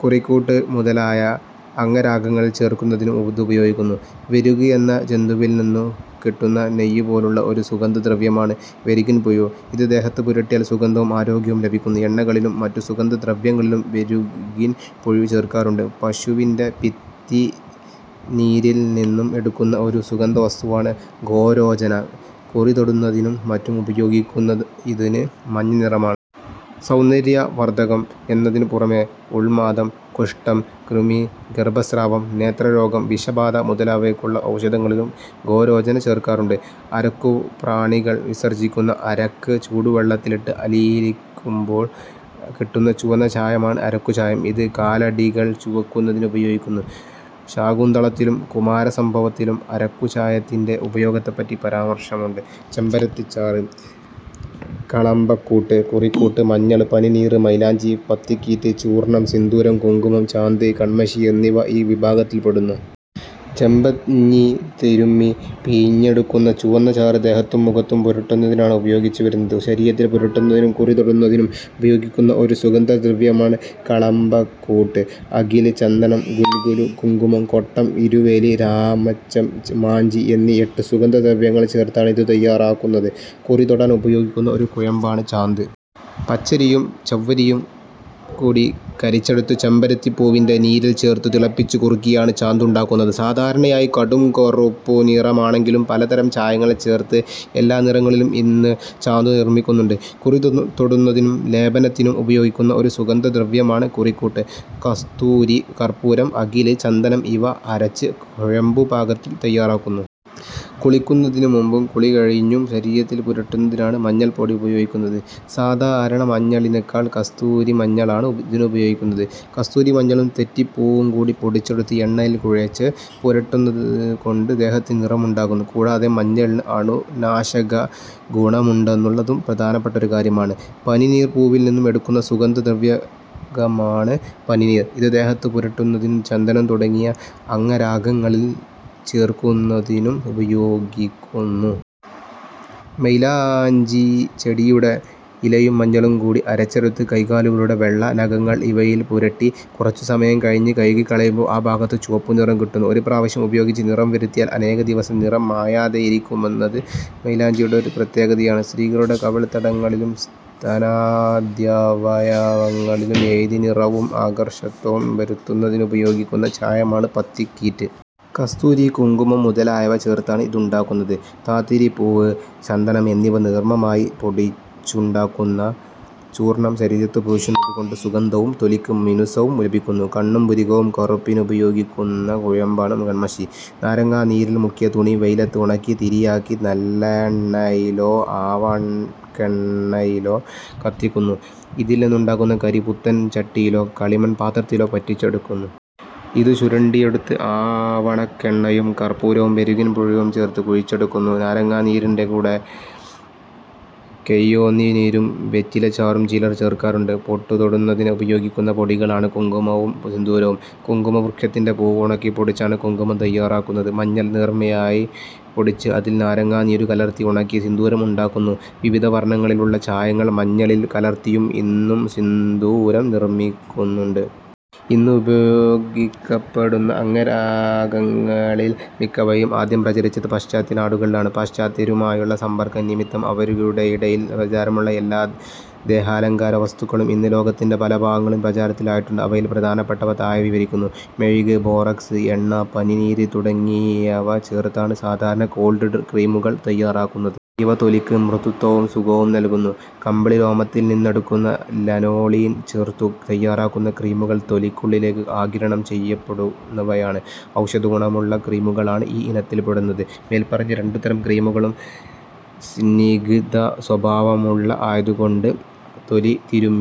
കുറിക്കൂട്ട് മുതലായ അംഗരാഗങ്ങളിൽ ചേർക്കുന്നതിനും ഇതുപയോഗിക്കുന്നു. വെരുക് എന്ന ജന്തുവിൽനിന്നുകിട്ടുന്ന നെയ്യുപോലുള്ള ഒരു സുഗന്ധദ്രവ്യമാണ് വെരുകിൻപുഴു. ഇത് ദേഹത്തുപുരട്ടിയാൽ സുഗന്ധവും ആരോഗ്യവും ലഭിക്കുന്നു. എണ്ണകളിലും മറ്റു സുഗന്ധദ്രവ്യങ്ങളിലും വെരുകിൻപുഴു ചേർക്കാറുണ്ട്. പശുവിന്റെ പിത്തനീരിൽനിന്നും എടുക്കുന്ന ഒരു സുഗന്ധവസ്തുവാണ് ഗോരോചന. കുറിതൊടുന്നതിനും മറ്റും ഉപയോഗിക്കുന്ന ഇതിന് മഞ്ഞനിറമാണ്. സൗന്ദര്യവർധകം എന്നതിനുപുറമേ ഉൻമാദം, കുഷ്ഠം, കൃമി, ഗർഭസ്രാവം, നേത്രരോഗം, വിഷബാധ മുതലായവയ്ക്കുള്ള ഔഷധങ്ങളിലും ഗോരോചന ചേർക്കാറുണ്ട്. അരക്കുപ്രാണികൾ വിസർജിക്കുന്ന അരക്ക് ചൂടുവെള്ളത്തിലിട്ട് അലിയിക്കുമ്പോൾ കിട്ടുന്ന ചുവന്ന ചായമാണ് അരക്കുചായം. ഇത് കാലടികൾ ചുവപ്പിക്കുന്നതിനുപയോഗിക്കുന്നു. ശാകുന്തളത്തിലും കുമാരസംഭവത്തിലും അരക്കുചായത്തിന്റെ ഉപയോഗത്തെപ്പറ്റി പരാമർശമുണ്ട്. ചെമ്പരത്തിച്ചാറ്, കളഭക്കൂട്ട്, കുറിക്കൂട്ട്, മഞ്ഞൾ, പനിനീർ, മൈലാഞ്ചി, പത്തിക്കീറ്റ്, ചൂർണം, സിന്ദൂരം, കുങ്കുമം, ചാന്ത്, കൺമഷി എന്നിവ ഈ വിഭാഗത്തിൽപ്പെടുന്നു. ചെമ്പഞ്ഞി തിരുമ്മി പിഴിഞ്ഞെടുക്കുന്ന ചുവന്നചാറ് ദേഹത്തും മുഖത്തും പുരട്ടുന്നതിനാണ് ഉപയോഗിച്ചുവരുന്നത്. ശരീരത്തിൽ പുരട്ടുന്നതിനും കുറിതൊടുന്നതിനും ഉപയോഗിക്കുന്ന ഒരു സുഗന്ധദ്രവ്യമാണ് കളഭക്കൂട്ട്. അകിൽ, ചന്ദനം, ഗുൽഗുലു, കുങ്കുമം, കൊട്ടം, ഇരുവേലി, രാമച്ചം, മാഞ്ചി എന്നീ എട്ടു സുഗന്ധദ്രവ്യങ്ങൾ ചേർത്താണ് ഇതു തയ്യാറാക്കുന്നത്. കുറിതൊടാൻ ഉപയോഗിക്കുന്ന ഒരു കുഴമ്പാണ് ചാന്ത്. പച്ചരിയും ചവ്വരിയുംകൂടി കരിച്ചെടുത്ത് ചെമ്പരത്തിപ്പൂവിന്റെ നീരിൽചേർത്തു തിളപ്പിച്ചു കുറുക്കിയാണ് ചാന്തുണ്ടാക്കുന്നത്. സാധാരണയായി കടുംകറുപ്പു നിറമാണെങ്കിലും, പലതരം ചായങ്ങൾ ചേർത്ത് എല്ലാ നിറങ്ങളിലും ഇന്ന് ചാന്തു നിർമ്മിക്കുന്നുണ്ട്. കുറിതൊടുന്നതിനും ലേപനത്തിനും ഉപയോഗിക്കുന്ന ഒരു സുഗന്ധദ്രവ്യമാണ് കുറിക്കൂട്ട്. കസ്തൂരി, കർപ്പൂരം, അകിൽ, ചന്ദനം ഇവ അരച്ച് കുഴമ്പുപാകത്തിൽ തയ്യാറാക്കുന്നു. കുളിക്കുന്നതിനുമുമ്പും കുളികഴിഞ്ഞും ശരീരത്തിൽ പുരട്ടുന്നതിനാണ് മഞ്ഞൾപ്പൊടി ഉപയോഗിക്കുന്നത്. സാധാരണമഞ്ഞളിനേക്കാൾ കസ്തൂരിമഞ്ഞളാണ് ഇതിനുപയോഗിക്കുന്നത്. കസ്തൂരിമഞ്ഞളും തെറ്റിപ്പൂവുംകൂടി പൊടിച്ചെടുത്ത് എണ്ണയിൽ കുഴച്ച് പുരട്ടുന്നതുകൊണ്ട് ദേഹത്തിന് നിറമുണ്ടാകുന്നു. കൂടാതെ മഞ്ഞളിന് അണുനാശകഗുണമുണ്ടെന്നുള്ളതും പ്രധാനപ്പെട്ട ഒരു കാര്യമാണ്. പനിനീർപൂവിൽനിന്നും എടുക്കുന്ന സുഗന്ധദ്രാവകമാണ് പനിനീർ. ഇത് ദേഹത്തു പുരട്ടുന്നതിനും ചന്ദനം തുടങ്ങിയ അംഗരാഗങ്ങളിൽ ചേർക്കുന്നതിനും ഉപയോഗിക്കുന്നു. മൈലാഞ്ചിചെടിയുടെ ഇലയും മഞ്ഞളും കൂടി അരച്ചെടുത്ത് കൈകാലുകളുടെ വെള്ള, നഖങ്ങൾ ഇവയിൽ പുരട്ടി കുറച്ചുസമയം കഴിഞ്ഞ് കഴുകിക്കളയുമ്പോൾ ആ ഭാഗത്ത് ചുവപ്പുനിറം കിട്ടുന്നു. ഒരു പ്രാവശ്യം ഉപയോഗിച്ച് നിറംവരുത്തിയാൽ അനേകദിവസം നിറം മായാതെയിരിക്കുമെന്നത് മൈലാഞ്ചിയുടെ ഒരു പ്രത്യേകതയാണ്. സ്ത്രീകളുടെ കവിൾത്തടങ്ങളിലും സ്തനാദ്യവയവങ്ങളിലും എഴുതി നിറവും ആകർഷകത്വവും വരുത്തുന്നതിനുപയോഗിക്കുന്ന ചായമാണ് പത്തിക്കീറ്റ്. കസ്തൂരി, കുങ്കുമം മുതലായവ ചേർത്താണ് ഇതുണ്ടാക്കുന്നത്. താതിരിപ്പൂവ്, ചന്ദനം എന്നിവ നേർമയായി പൊടിച്ചുണ്ടാക്കുന്ന ചൂർണം ശരീരത്തു പൂശുന്നതുകൊണ്ട് സുഗന്ധവും തൊലിക്ക് മിനുസവും ലഭിക്കുന്നു. കണ്ണും പുരികവും കറുപ്പിക്കുന്നതിനുപയോഗിക്കുന്ന കുഴമ്പാണ് കൺമഷി. നാരങ്ങാനീരിൽ മുക്കിയ തുണി വെയിലത്ത് ഉണക്കി, തിരിയാക്കി നല്ലെണ്ണയിലോ ആവണക്കെണ്ണയിലോ കത്തിക്കുന്നു. ഇതിൽനിന്നുണ്ടാകുന്ന കരി പുത്തൻ ചട്ടിയിലോ കളിമൺപാത്രത്തിലോ പറ്റിച്ചെടുക്കുന്നു. ഇതു ചുരണ്ടിയെടുത്ത് ആവണക്കെണ്ണയും കർപ്പൂരവും വെരുകിൻപുഴുവും ചേർത്ത് കുഴച്ചെടുക്കുന്നു. നാരങ്ങാനീരിന്റെ കൂടെ കൈയ്യോന്നിനീരും വെറ്റിലച്ചാറും ചിലർ ചേർക്കാറുണ്ട്. പൊട്ടുതൊടുന്നതിന് ഉപയോഗിക്കുന്ന പൊടികളാണ് കുങ്കുമവും സിന്ദൂരവും. കുങ്കുമവൃക്ഷത്തിന്റെ പൂവ് ഉണക്കിപ്പൊടിച്ചാണ് കുങ്കുമം തയ്യാറാക്കുന്നത്. മഞ്ഞൾ നേർമയായി പൊടിച്ച് അതിൽ നാരങ്ങാനീരു കലർത്തി ഉണക്കി സിന്ദൂരം ഉണ്ടാക്കുന്നു. വിവിധ വർണങ്ങളിലുള്ള ചായങ്ങൾ മഞ്ഞളിൽ കലർത്തിയും ഇന്നു സിന്ദൂരം നിർമ്മിക്കുന്നുണ്ട്. ഇന്ന് ഉപയോഗിക്കപ്പെടുന്ന അംഗരാഗങ്ങളിൽ മിക്കവയും ആദ്യം പ്രചരിച്ചത് പാശ്ചാത്യ നാടുകളിലാണ്. പാശ്ചാത്യരുമായുള്ള സമ്പർക്കം നിമിത്തം അവരുടെയിടയിൽ പ്രചാരമുള്ള എല്ലാ ദേഹാലങ്കാരവസ്തുക്കളും ഇന്ന് ലോകത്തിന്റെ പല ഭാഗങ്ങളിലും പ്രചാരത്തിൽ ആയിട്ടുണ്ട്. അവയിൽ പ്രധാനപ്പെട്ടവ താഴെ വിവരിക്കുന്നു: മെഴുക്, ബോറാക്സ്, എണ്ണ, പനിനീര് തുടങ്ങിയവ ചേർത്താണ് സാധാരണ കോൾഡ് ക്രീമുകൾ തയ്യാറാക്കുന്നത്. ഇവ തൊലിക്ക് മൃദുത്വവും സുഖവും നൽകുന്നു. കമ്പിളിരോമത്തിൽനിന്നെടുക്കുന്ന ലനോളീൻ ചേർത്തു തയ്യാറാക്കുന്ന ക്രീമുകൾ തൊലിക്കുള്ളിലേക്ക് ആഗിരണം ചെയ്യപ്പെടുന്നവയാണ്. ഔഷധഗുണമുള്ള ക്രീമുകളാണ് ഈ ഇനത്തിൽപെടുന്നത്. മേല്പറഞ്ഞ രണ്ടുതരം ക്രീമുകളും സ്നിഗ്ധസ്വഭാവമുളളവ ആയതുകൊണ്ട് തൊലിതിരുമ്മി